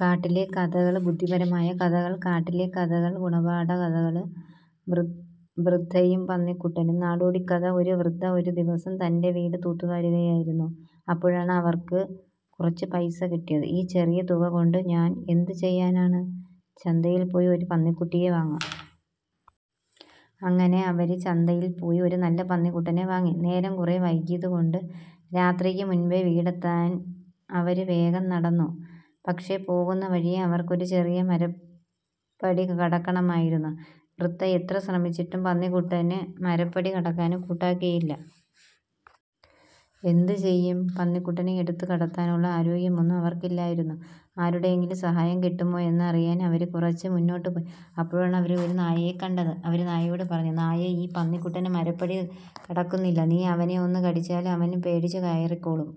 കാട്ടിലെ കഥകള് ബുദ്ധിപരമായ കഥകൾ കാട്ടിലെ കഥകള് ഗുണപാഠ കഥകള് വൃദ്ധയും പന്നിക്കുട്ടനും നാടോടിക്കഥ ഒരു വൃദ്ധ ഒരു ദിവസം തന്റെ വീട് തൂത്തുവാരുകയായിരുന്നു. അപ്പോഴാണ് അവര്ക്ക് കുറച്ചു പൈസ കിട്ടിയത്, "ഈ ചെറിയ തുക കൊണ്ട് ഞാൻ എന്തു ചെയ്യാനാണ്? ചന്തയിൽ പോയി ഒരു പന്നിക്കുട്ടിയെ വാങ്ങാം. " അങ്ങിനെ അവര് ചന്തയില് പോയി ഒരു നല്ല പന്നിക്കുട്ടനെ വാങ്ങി. നേരം കുറെ വൈകിയത് കൊണ്ട് രാത്രിക്ക് മുന്പേ വീടെത്താന് അവര് വേഗം നടന്നു. പക്ഷേ പോകുന്ന വഴിയേ അവര്ക്ക് ഒരു ചെറിയ മരപ്പടി കടക്കണമായിരുന്നു. വൃദ്ധ എത്ര ശ്രമിച്ചിട്ടും പന്നിക്കുട്ടന് മരപ്പടി കടക്കാന് കൂട്ടാക്കിയില്ല. എന്തു ചെയ്യും? പന്നിക്കുട്ടനെ എടുത്തു കടത്താനുള്ള ആരോഗ്യമൊന്നും അവര്ക്കില്ലായിരുന്നു. ആരുടെയെങ്കിലും സഹായം കിട്ടുമോയെന്നറിയാന് അവര് കുറച്ച് മുന്നോട്ട് പോയി. അപ്പോഴാണ് അവര് ഒരു നായയെ കണ്ടത്. അവര് നായയോട് പറഞ്ഞു: "നായേ! ഈ പന്നിക്കുട്ടന് മരപ്പടി കടക്കുന്നില്ല. നീ അവനെ ഒന്നു കടിച്ചാല് അവന് പേടിച്ച് കയറിക്കോളും.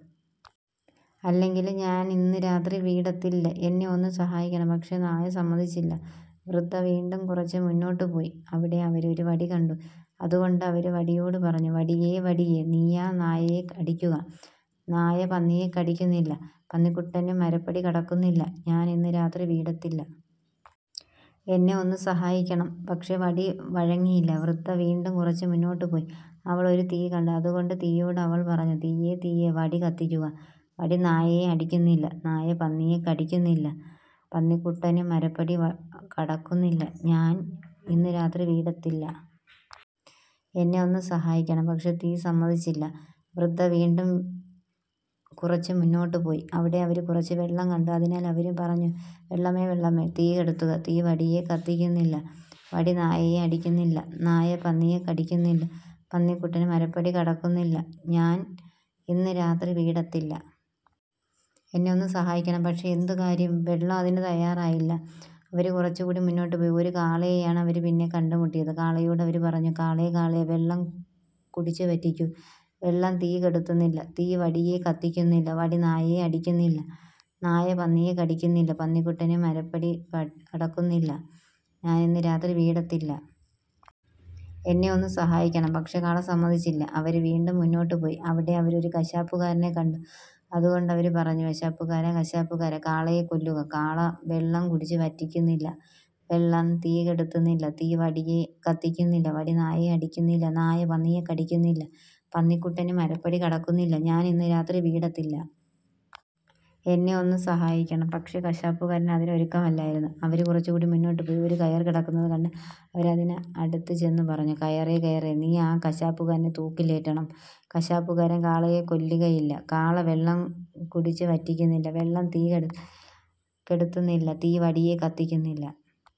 അല്ലെങ്കില് ഞാൻ ഇന്ന് രാത്രി വീടെത്തില്ല. എന്നെ ഒന്നു സഹായിക്കണം! " പക്ഷേ നായ സമ്മതിച്ചില്ല. വൃദ്ധ വീണ്ടും കുറച്ച് മുന്നോട്ട് പോയി. അവിടെ അവര് ഒരു വടി കണ്ടു. അതുകൊണ്ട് അവര് വടിയോട് പറഞ്ഞു: "വടിയേ! വടിയേ! നീയാ നായയെ അടിക്കുക! നായ പന്നിയെ കടിക്കുന്നില്ല; പന്നിക്കുട്ടന് മരപ്പടി കടക്കുന്നില്ല; ഞാൻ ഇന്ന് രാത്രി വീടെത്തില്ല. എന്നെ ഒന്നു സഹായിക്കണം! " പക്ഷേ വടി വഴങ്ങിയില്ല. വൃദ്ധ വീണ്ടും കുറച്ച് മുന്നോട്ട് പോയി. അവൾ ഒരു തീ കണ്ടു. അതുകൊണ്ട് തീയോട് അവൾ പറഞ്ഞു: "തീയേ! തീയേ! വടി കത്തിക്കുക; വടി നായയെ അടിക്കുന്നില്ല; നായ പന്നിയെ കടിക്കുന്നില്ല; പന്നിക്കുട്ടന് മരപ്പടി കടക്കുന്നില്ല; ഞാൻ ഇന്ന് രാത്രി വീടെത്തില്ല. എന്നെ ഒന്നു സഹായിക്കണം! ". പക്ഷേ തീ സമ്മതിച്ചില്ല. വൃദ്ധ വീണ്ടും കുറച്ച് മുന്നോട്ട് പോയി. അവിടെ അവര് കുറച്ച് വെള്ളം കണ്ടു. അതിനാൽ അവര് പറഞ്ഞു: "വെള്ളമേ, വെള്ളമേ! തീ കെടുത്തുക; തീ വടിയേ കത്തിക്കുന്നില്ല; വടി നായയെ അടിക്കുന്നില്ല; നായ പന്നിയെ കടിക്കുന്നില്ല; പന്നിക്കുട്ടന് മരപ്പടി കടക്കുന്നില്ല; ഞാൻ ഇന്ന് രാത്രി വീടെത്തില്ല. എന്നെ ഒന്നു സഹായിക്കണം! " പക്ഷേ എന്തു കാര്യം, വെള്ളം അതിന് തയ്യാറായില്ല. അവര് കുറച്ചുകൂടി മുന്നോട്ട് പോയി. ഒരു കാളയെയാണ് അവര് പിന്നെ കണ്ടുമുട്ടിയത്. കാളയോട് അവര് പറഞ്ഞു: "കാളേ! കാളേ! വെള്ളം കുടിച്ചു വറ്റിക്കൂ; വെള്ളം തീ കെടുത്തുന്നില്ല; തീ വടിയേ കത്തിക്കുന്നില്ല; വടി നായയെ അടിക്കുന്നില്ല; നായ പന്നിയെ കടിക്കുന്നില്ല; പന്നിക്കുട്ടന് മരപ്പടി കടക്കുന്നില്ല; ഞാൻ ഇന്ന് രാത്രി വീടെത്തില്ല. എന്നെ ഒന്നു സഹായിക്കണം! പക്ഷേ കാള സമ്മതിച്ചില്ല. അവര് വീണ്ടും മുന്നോട്ട് പോയി. അവിടെ അവര് ഒരു കശാപ്പുകാരനെ കണ്ടു. അതുകൊണ്ട് അവര്പറഞ്ഞു: "കശാപ്പുകാരാ! കശാപ്പുകാരാ! കാളയെ കൊല്ലുക; കാള വെള്ളം കുടിച്ചു വറ്റിക്കുന്നില്ല; വെള്ളം തീ കെടുത്തുന്നില്ല; തീ വടിയേ കത്തിക്കുന്നില്ല; വടി നായയെ അടിക്കുന്നില്ല; നായ പന്നിയെ കടിക്കുന്നില്ല; പന്നിക്കുട്ടന് മരപ്പടി കടക്കുന്നില്ല; ഞാൻ ഇന്ന് രാത്രി വീടെത്തില്ല. എന്നെ ഒന്നു സഹായിക്കണം! " പക്ഷേ, കശാപ്പുകാരൻ അതിന് ഒരുക്കമല്ലായിരുന്നു. അവര് കുറച്ചുകൂടി മുന്നോട്ട് പോയി. ഒരു കയർ കിടക്കുന്നത് കണ്ടു അവര് അതിനടുത്ത് ചെന്നു പറഞ്ഞു: "കയറേ! കയറേ! നീ ആ കശാപ്പുകാരനെ തൂക്കിലേറ്റണം; കശാപ്പുകാരൻ കാളയെ കൊല്ലുകയില്ല; കാള വെള്ളം കുടിച്ചു വറ്റിക്കുന്നില്ല; വെള്ളം തീ കെടുത്തുന്നില്ല; തീ വടിയേ കത്തിക്കുന്നില്ല;